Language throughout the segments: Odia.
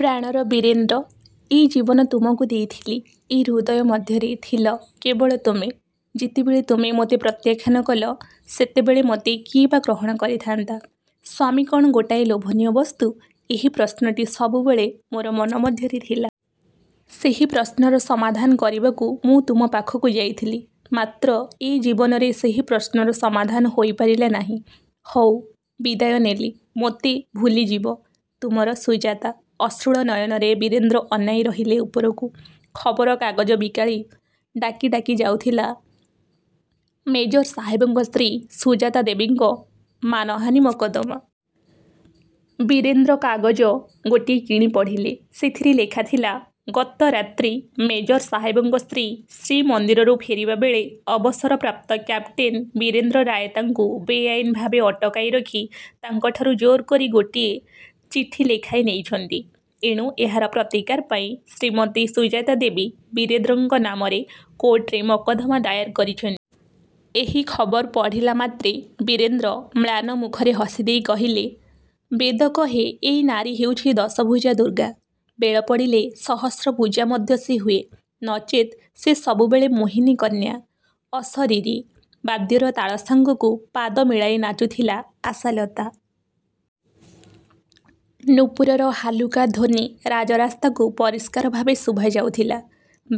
ପ୍ରାଣର ବୀରେନ୍ଦ୍ର ଏ ଜୀବନ ତୁମକୁ ଦେଇଥିଲି। ଏ ହୃଦୟ ମଧ୍ୟରେ ଥିଲ କେବଳ ତୁମେ। ଯେତେବେଳେ ତୁମେ ମୋତେ ପ୍ରତ୍ୟାଖ୍ୟାନ କଲ ସେତେବେଳେ ମୋତେ କିଏ ବା ଗ୍ରହଣ କରିଥାନ୍ତା? ସ୍ୱାମୀ କ'ଣ ଗୋଟାଏ ଲୋଭନୀୟ ବସ୍ତୁ? ଏହି ପ୍ରଶ୍ନଟି ସବୁବେଳେ ମୋର ମନ ମଧ୍ୟରେ ଥିଲା। ସେହି ପ୍ରଶ୍ନର ସମାଧାନ କରିବାକୁ ମୁଁ ତୁମ ପାଖକୁ ଯାଇଥିଲି। ମାତ୍ର ଏ ଜୀବନରେ ସେହି ପ୍ରଶ୍ନର ସମାଧାନ ହୋଇପାରିଲା ନାହିଁ। ହଉ ବିଦାୟ ନେଲି, ମୋତେ ଭୁଲିଯିବ-। ତୁମର ସୁଜାତା ଅଶ୍ରୁଳ ନୟନରେ ବୀରେନ୍ଦ୍ର ଅନାଇ ରହିଲେ ଉପରକୁ। ଖବରକାଗଜ ବିକାଳି ଡାକି ଡାକି ଯାଉଥିଲା ମେଜର ସାହେବଙ୍କ ସ୍ତ୍ରୀ ସୁଜାତାଦେବୀଙ୍କ ମାନହାନି ମକଦ୍ଦମା। ବୀରେନ୍ଦ୍ର କାଗଜ ଗୋଟିଏ କିଣି ପଢ଼ିଲେ। ସେଥିରେ ଲେଖାଥିଲା ଗତ ରାତ୍ରି ମେଜର ସାହେବଙ୍କ ସ୍ତ୍ରୀ ଶ୍ରୀମନ୍ଦିରରୁ ଫେରିବା ବେଳେ ଅବସର ପ୍ରାପ୍ତ କ୍ୟାପଟେନ୍ ବୀରେନ୍ଦ୍ର ରାୟ ତାଙ୍କୁ ବେଆଇନ୍ ଭାବେ ଅଟକାଇରଖି ତାଙ୍କଠାରୁ ଜୋରକରି ଗୋଟିଏ ଚିଠି ଲେଖାଇ ନେଇଛନ୍ତି। ଏଣୁ ଏହାର ପ୍ରତିକାର ପାଇଁ ଶ୍ରୀମତୀ ସୁଜାତାଦେବୀ ବୀରେନ୍ଦ୍ରଙ୍କ ନାମରେ କୋର୍ଟରେ ମକଦ୍ଦମା ଦାଏର କରିଛନ୍ତି। ଏହି ଖବର ପଢ଼ିଲା ମାତ୍ରେ ବୀରେନ୍ଦ୍ର ମ୍ଳାନ ମୁଖରେ ହସିଦେଇ କହିଲେ, ''ବେଦ କହେ ଏଇ ନାରୀ ହେଉଛି ଦଶଭୁଜା ଦୁର୍ଗା। ବେଳପଡ଼ିଲେ ସହସ୍ର ଭୁଜା ମଧ୍ୟ ସେ ହୁଏ। ନଚେତ୍ ସେ ସବୁବେଳେ ମୋହିନୀ କନ୍ୟା। '' ଅଶରୀରୀ ବାଦ୍ୟର ତାଳ ସାଙ୍ଗକୁ ପାଦ ମିଳାଇ ନାଚୁଥିଲା ଆଶାଲତା। ନୂପୁରର ହାଲୁକା ଧ୍ୱନି ରାଜରାସ୍ତାକୁ ପରିଷ୍କାର ଭାବେ ଶୁଭାଯାଉଥିଲା।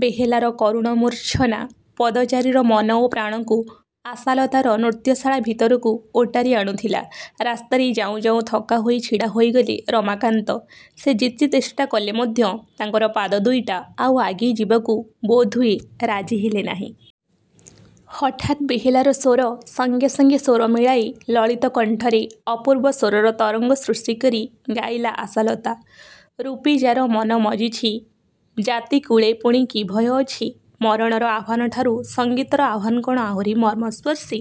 ବେହେଲାର କରୁଣ ମୂର୍ଚ୍ଛନା ପଥଚାରୀର ମନ ଓ ପ୍ରାଣକୁ ଆଶାଲତାର ନୃତ୍ୟଶାଳା ଭିତରକୁ ଓଟାରି ଆଣୁଥିଲା। ରାସ୍ତାରେ ଯାଉଁ ଯାଉଁ ଥକାହୋଇ ଛିଡ଼ା ହୋଇଗଲେ ରମାକାନ୍ତ। ସେ ଯେତେ ଚେଷ୍ଟା କଲେ ମଧ୍ୟ ତାଙ୍କର ପାଦ ଦୁଇଟା ଆଉ ଆଗେଇ ଯିବାକୁ ବୋଧହୁଏ ରାଜି ହେଲେ ନାହିଁ। ହଠାତ୍ ବେହେଲାର ସ୍ୱର ସଙ୍ଗେ ସ୍ୱର ମିଳାଇ ଲଳିତ କଣ୍ଠରେ ଅପୂର୍ବ ସ୍ୱରର ତରଙ୍ଗ ସୃଷ୍ଟି କରି ଗାଇଲା ଆଶାଲତା- 'ରୂପେ ଯାର ମନ ମଜିଛି ଜାତି, କୁଳେ ପୁଣି କି ଭୟ ଅଛି? ' ମରଣର ଆହ୍ୱାନଠାରୁ ସଙ୍ଗୀତର ଆହ୍ୱାନ କ'ଣ ଆହୁରି ମର୍ମସ୍ପର୍ଶୀ?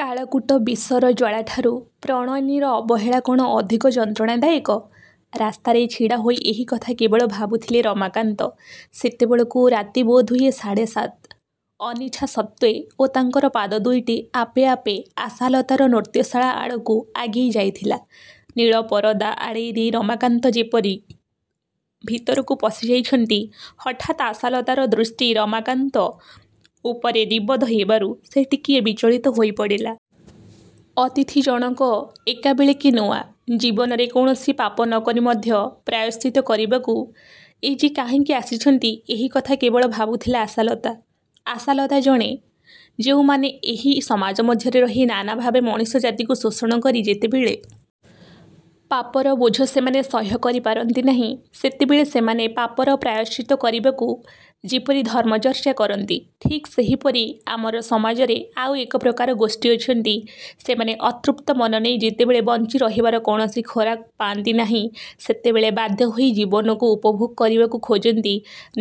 କାଳକୂଟ ବିଷର ଜ୍ୱଳାଠାରୁ ପ୍ରଣୟିନୀର ଅବହେଳା କ'ଣ ଅଧିକ ଯନ୍ତ୍ରଣାଦାୟକ? ରାସ୍ତାରେ ଛିଡ଼ାହୋଇ ଏହିକଥା କେବଳ ଭାବୁଥିଲେ ରମାକାନ୍ତ। ସେତେବେଳକୁ ରାତି ବୋଧହୁଏ ସାଢ଼େ ସାତ। ଅନିଚ୍ଛା ସତ୍ତ୍ୱେ ଓ ତାଙ୍କର ପାଦ ଦୁଇଟି ଆପେ ଆପେ। ଆଶାଲତାର ନୃତ୍ୟଶାଳା ଆଡ଼କୁ ଆଗେଇ ଯାଇଥିଲା। ନୀଳ ପରଦା ଆଡ଼େଇଦେଇ ରମାକାନ୍ତ ଯେପରି ଭିତରକୁ ପଶିଯାଇଛନ୍ତି, ହଠାତ୍ ଆଶାଲତାର ଦୃଷ୍ଟି ରମାକାନ୍ତ ଉପରେ ନିବଦ୍ଧ ହେବାରୁ ସେ ଟିକିଏ ବିଚଳିତ ହୋଇପଡ଼ିଲା। ଅତିଥିଜଣକ ଏକାବେଳକେ ନୂଆ। ଜୀବନରେ କୌଣସି ପାପ ନ କରି ମଧ୍ୟ ପ୍ରାୟଶ୍ଚିତ୍ତ କରିବାକୁ ଏ ଯେ କାହିଁକି ଆସିଛନ୍ତି ଏହିକଥା କେବଳ ଭାବୁଥିଲା ଆଶାଲତା। ଆଶାଲତା ଜାଣେ ଯେଉଁମାନେ ଏହି ସମାଜ ମଧ୍ୟରେ ରହି ନାନା ଭାବେ ମଣିଷ ଜାତିକୁ ଶୋଷଣ କରି ଯେତେବେଳେ ପାପର ବୋଝ ସେମାନେ ସହ୍ୟ କରିପାରନ୍ତି ନାହିଁ ସେତେବେଳେ ସେମାନେ ପାପର ପ୍ରାୟଶ୍ଚିତ କରିବାକୁ ଯେପରି ଧର୍ମଚର୍ଚ୍ଚା କରନ୍ତି, ଠିକ୍ ସେହିପରି ଆମର ସମାଜରେ ଆଉ ଏକ ପ୍ରକାର ଗୋଷ୍ଠୀ ଅଛନ୍ତି ସେମାନେ ଅତୃପ୍ତ ମନ ନେଇ ଯେତେବେଳେ ବଞ୍ଚିରହିବାର କୌଣସି ଖୋରାକ ପାଆନ୍ତି ନାହିଁ ସେତେବେଳେ ବାଧ୍ୟ ହୋଇ ଜୀବନକୁ ଉପଭୋଗ କରିବାକୁ ଖୋଜନ୍ତି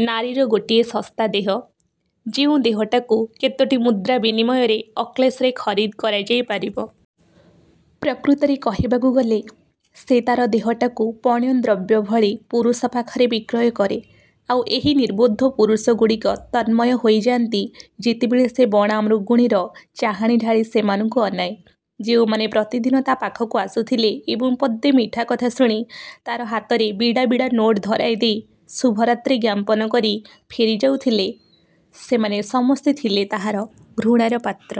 ନାରୀର ଗୋଟିଏ ଶସ୍ତା ଦେହ, ଯେଉଁ ଦେହଟାକୁ କେତୋଟି ମୁଦ୍ରା ବିନିମୟରେ ଅକ୍ଳେଶରେ ଖରିଦ କରାଯାଇ ପାରିବ। ପ୍ରକୃତରେ କହିବାକୁ ଗଲେ ସେ ତା'ର ଦେହଟାକୁ ପଣ୍ୟ ଦ୍ରବ୍ୟ ଭଳି ପୁରୁଷ ପାଖରେ ବିକ୍ରୟ କରେ। ଆଉ ଏହି ନିର୍ବୋଧ ପୁରୁଷଗୁଡ଼ିକ ତନ୍ମୟ ହୋଇଯାଆନ୍ତି ଯେତେବେଳେ ସେ ବଣା ମୃଗୁଣୀର ଚାହାଣି ଢାଳି ସେମାନଙ୍କୁ ଅନାଏ। ଯେଉଁମାନେ ପ୍ରତିଦିନ ତା' ପାଖକୁ ଆସୁଥିଲେ ଏବଂ ପଦେ ମିଠା କଥା ଶୁଣି ତା'ର ହାତରେ ବିଡ଼ା ବିଡ଼ା ନୋଟ ଧରାଇଦେଇ ଶୁଭରାତ୍ରୀ ଜ୍ଞାପନ କରି ଫେରିଯାଉଥିଲେ ସେମାନେ ସମସ୍ତେ ଥିଲେ ତାହାର ଘୃଣାର ପାତ୍ର।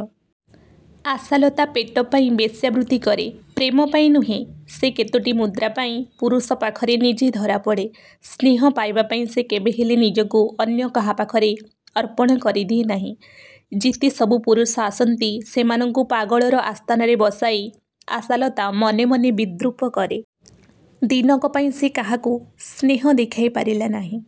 ଆଶାଲତା ପେଟ ପାଇଁ ବେଶ୍ୟାବୃତ୍ତି କରେ, ପ୍ରେମ ପାଇଁ ନୁହେଁ। ସେ କେତୋଟି ମୁଦ୍ରା ପାଇଁ ପୁରୁଷ ପାଖରେ ନିଜେ ଧରାପଡ଼େ। ସ୍ନେହ ପାଇବା ପାଇଁ ସେ କେବେହେଲେ ନିଜକୁ ଅନ୍ୟ କାହା ପାଖରେ ଅର୍ପଣ କରି ଦିଏ ନାହିଁ। ଯେତେ ସବୁ ପୁରୁଷ ଆସନ୍ତି ସେମାନଙ୍କୁ ପାଗଳର ଆସ୍ଥାନରେ ବସାଇ ଆଶାଲତା ମନେମନେ ବିଦ୍ରୂପ କରେ। ଦିନକ ପାଇଁ ସେ କାହାକୁ ସ୍ନେହ ଦେଖାଇ ପାରିଲା ନାହିଁ।